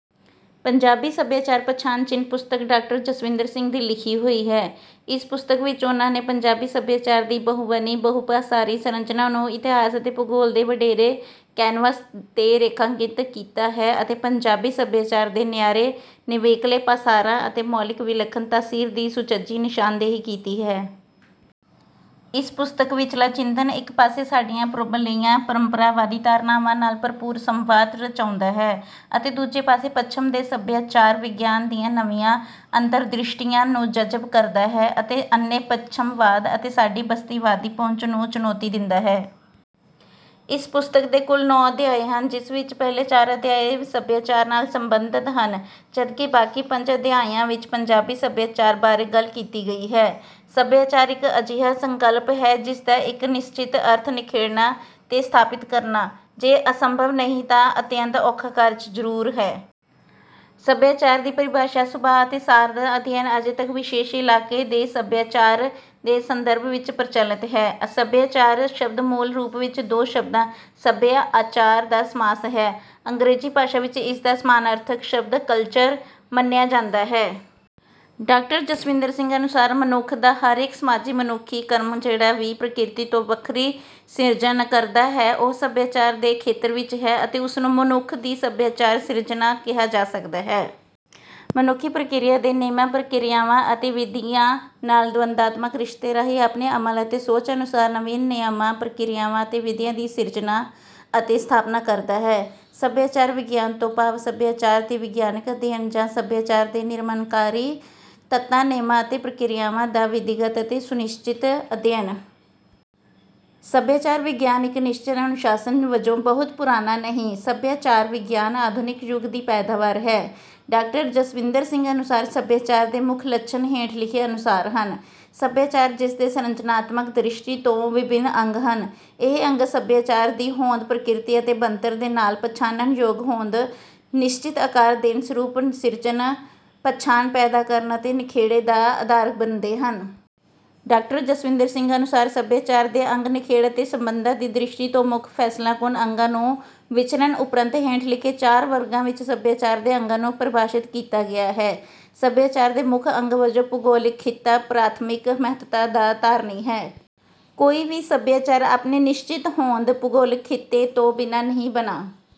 ਪੰਜਾਬੀ ਸਭਿਆਚਾਰ ਪਛਾਣ ਚਿੰਨ੍ਹ ਪੁਸਤਕ ਡਾਕਟਰ ਜਸਵਿੰਦਰ ਸਿੰਘ ਦੀ ਲਿਖੀ ਹੋਈ ਹੈ। ਇਸ ਪੁਸਤਕ ਵਿੱਚ ਉਨ੍ਹਾਂ ਨੇ ਪੰਜਾਬੀ ਸਭਿਆਚਾਰ ਦੀ ਬਹੁਵੰਨੀ ਬਹੁਪਾਸਾਰੀ ਸੰਰਚਨਾ ਨੂੰ ਇਤਿਹਾਸ ਅਤੇ ਭੂਗੋਲ ਦੇ ਵਡੇਰੇ ਕੈਨਵਸ ਤੇ ਰੇਖਾਂਕਿਤ ਕੀਤਾ ਹੈ ਅਤੇ ਪੰਜਾਬੀ ਸਭਿਆਚਾਰ ਦੇ ਨਿਆਰੇ ਨਿਵੇਕਲੇ ਪਾਸਾਰਾਂ ਅਤੇ ਮੌਲਿਕ ਵਿਲਖਣ ਤਾਸੀਰ ਦੀ ਸੁਚੱਜੀ ਨਿਸ਼ਾਨਦੇਹੀ ਕੀਤੀ ਹੈ। ਇਸ ਪੁਸਤਕ ਵਿੱਚਲਾ ਚਿੰਤਨ ਇੱਕ ਪਾਸੇ ਸਾਡੀਆਂ ਪੂਰਬਲੀਆਂ ਪਰੰਪਰਾਵਾਦੀ ਧਾਰਨਾਵਾਂ ਨਾਲ ਭਰਪੂਰ ਸੰਵਾਦ ਰਚਾਉਂਦਾ ਹੈ ਅਤੇ ਦੂਜੇ ਪਾਸੇ ਪੱਛਮ ਦੇ ਸਭਿਆਚਾਰ ਵਿਗਿਆਨ ਦੀਆਂ ਨਵੀਆਂ ਅੰਤਰਦ੍ਰਿਸ਼ਟੀਆਂ ਨੂੰ ਜਜਬ ਕਰਦਾ ਹੈ ਅਤੇ ਅੰਨੇ ਪੱਛਮਵਾਦ ਅਤੇ ਸਾਡੀ ਬਸਤੀਵਾਦੀ ਪਹੁੰਚ ਨੂੰ ਚੁਣੌਤੀ ਦਿੰਦਾ ਹੈ। ਇਸ ਪੁਸਤਕ ਦੇ ਕੁਲ ਨੌਂ ਅਧਿਆਏ ਹਨ। ਜਿਸ ਵਿੱਚ ਪਹਿਲੇ ਚਾਰ ਅਧਿਆਏ ਸਭਿਆਚਾਰ ਨਾਲ ਸਬੰਧਤ ਹਨ ਜਦਕਿ ਬਾਕੀ ਪੰਜ ਅਧਿਆਇਆਂ ਵਿੱਚ ਪੰਜਾਬੀ ਸਭਿਆਚਾਰ ਬਾਰੇ ਗੱਲ ਕੀਤੀ ਗਈ ਹੈ। ਸਭਿਆਚਾਰ ਇੱਕ ਅਜਿਹਾ ਸੰਕਲਪ ਹੈ ਜਿਸ ਦਾ ਇੱਕ ਨਿਸਚਿਤ ਅਰਥ ਨਿਖੇੜਨਾ ਤੇ ਸਥਾਪਿਤ ਕਰਨਾ ਜੇ ਅਸੰਭਵ ਨਹੀਂ ਤਾਂ ਅਤਿਅੰਤ ਔਖਾ ਕਾਰਜ ਜਰੂਰ ਹੈ। ਸਭਿਆਚਾਰ ਦੀ ਪਰਿਭਾਸ਼ਾ ਸੁਭਾਅ ਅਤੇ ਸਾਰ ਦਾ ਅਧਿਐਨ ਅਜੇ ਤੱਕ ਵਿਸ਼ੇਸ਼ ਇਲਾਕੇ ਦੇ ਸਭਿਆਚਾਰ ਦੇ ਸੰਦਰਭ ਵਿੱਚ ਹੀ ਪ੍ਰਚਲਤ ਹੈ। ਸਭਿਆਚਾਰ ਸ਼ਬਦ ਮੂਲ ਰੂਪ ਵਿੱਚ ਦੋ ਸ਼ਬਦਾ ਸਭਯ ਆਚਾਰ ਦਾ ਸਮਾਸ ਹੈ। ਅੰਗਰੇਜੀ ਭਾਸ਼ਾ ਵਿੱਚ ਇਸਦਾ ਸਮਾਨਾਰਥਕ ਸ਼ਬਦ ਕਲਚਰ ਮੰਨਿਆ ਜਾਂਦਾ ਹੈ। ਡਾਕਟਰ ਜਸਵਿੰਦਰ ਸਿੰਘ ਅਨੁਸਾਰ ਮਨੁਖ ਦਾ ਹਰੇਕ ਸਮਾਜੀ ਮਨੁਖੀ ਕਰਮ ਜਿਹੜਾ ਵੀ ਪ੍ਰਕਿਰਤੀ ਤੋਂ ਵਖਰੀ ਸਿਰਜਣ ਕਰਦਾ ਹੈ ਉਹ ਸਭਿਆਚਾਰ ਦੇ ਖੇਤਰ ਵਿੱਚ ਹੈ ਅਤੇ ਉਸ ਨੂੰ ਮਨੁਖ ਦੀ ਸਭਿਆਚਾਰ ਸਿਰਜਣਾ ਕਿਹਾ ਜਾ ਸਕਦਾ ਹੈ। ਮਨੁੱਖ ਪ੍ਰਕਿਰਤੀ ਦੇ ਨਿਯਮਾਂ ਪ੍ਰਕਿਰਿਆਵਾਂ ਅਤੇ ਵਿਧੀਆਂ ਨਾਲ ਦਵੰਦਾਤਮਕ ਰਿਸ਼ਤੇ ਰਾਹੀਂ ਆਪਣੇ ਅਮਲ ਅਤੇ ਸੋਚ ਅਨੁਸਾਰ ਨਵੀਨ ਨਿਯਮਾਂ ਪ੍ਰਕਿਰਿਆਵਾਂ ਅਤੇ ਵਿਧੀਆਂ ਦੀ ਸਿਰਜਣਾ ਅਤੇ ਸਥਾਪਨਾ ਕਰਦਾ ਹੈ। ਸਭਿਆਚਾਰ ਵਿਗਿਆਨ ਤੋਂ ਭਾਵ ਸਭਿਆਚਾਰ ਦਾ ਵਿਗਿਆਨਕ ਅਧਿਐਨ ਜਾਂ ਸਭਿਆਚਾਰ ਦੇ ਨਿਰਮਾਣਕਾਰੀ ਤੱਤਾਂ ਨੇਮਾਂ ਅਤੇ ਪ੍ਰਕਿਰਿਆਵਾਂ ਦਾ ਵਿਧੀਗਤ ਅਤੇ ਸੁਨਿਸਚਿਤ ਅਧਿਐਨ। ਸਭਿਆਚਾਰ ਵਿਗਿਆਨ ਇੱਕ ਨਿਸਚਿਤ ਅਨੁਸਾਸ਼ਨ ਵਜੋਂ ਬਹਤਾ ਪੁਰਾਣਾ ਨਹੀਂ। ਸਭਿਆਚਾਰ ਵਿਗਿਆਨ ਆਧੁਨਿਕ ਯੁੱਗ ਦੀ ਪੈਦਾਵਾਰ ਹੈ। ਡਾਕਟਰ ਜਸਵਿੰਦਰ ਸਿੰਘ ਅਨੁਸਾਰ ਸਭਿਆਚਾਰ ਦੇ ਮੁਖ ਲੱਛਣ ਹੇਠ ਲਿਖੇ ਅਨੁਸਾਰ ਹਨ। ਸਭਿਆਚਾਰ ਜਿਸਦੇ ਸੰਰਚਨਾਤਮਕ ਦ੍ਰਿਸ਼ਟੀ ਤੋਂ ਵਿਭਿੰਨ ਅੰਗ ਹਨ ਇਹ ਅੰਗ ਸਭਿਆਚਾਰ ਦੀ ਹੋਂਦ ਪ੍ਰਕਿਰਤੀ ਅਤੇ ਬਣਤਰ ਦੇ ਨਾਲ ਪਛਾਨਣਯੋਗ ਹੋਂਦ ਨਿਸਚਿਤ ਆਕਾਰ ਦੇਣ ਸਰੂਪ ਸਿਰਜਣ ਪਛਾਣ ਪੈਦਾ ਕਰਨ ਅਤੇ ਨਿਖੇੜੇ ਦਾ ਆਧਾਰ ਬਣਦੇ ਹਨ। ਡਾਕਟਰ ਜਸਵਿੰਦਰ ਸਿੰਘ ਅਨੁਸਾਰ ਸਭਿਆਚਾਰ ਦੇ ਅੰਗ ਨਿਖੇੜ ਅਤੇ ਸਬੰਧਾਂ ਦੀ ਦ੍ਰਿਸ਼ਟੀ ਤੋਂ ਮੁਖ ਫੈਸਲਾਕੁਨ ਅੰਗਾਂ ਨੂੰ ਵਿਚਰਣ ਉਪਰੰਤ ਹੇਠ ਲਿਖੇ ਚਾਰ ਵਰਗਾਂ ਵਿੱਚ ਸਭਿਆਚਾਰ ਦੇ ਅੰਗਾਂ ਨੂੰ ਪਰਿਭਾਸ਼ਤ ਕੀਤਾ ਗਿਆ ਹੈ। ਸਭਿਆਚਾਰ ਦੇ ਮੁਖ ਅੰਗ ਵਜੋਂ ਭੂਗੌਲਿਕ ਖਿੱਤਾ ਪ੍ਰਾਥਮਿਕ ਮਹੱਤਤਾ ਦਾ ਧਾਰਨੀ ਹੈ। ਕੋਈ ਵੀ ਸਭਿਆਚਾਰ ਆਪਣੀ ਨਿਸ਼ਚਿਤ ਹੋਂਦ ਭੂਗੌਲਿਕ ਖਿਤੇ ਤੋਂ ਬਿਨਾ ਨਹੀਂ ਬਣਾ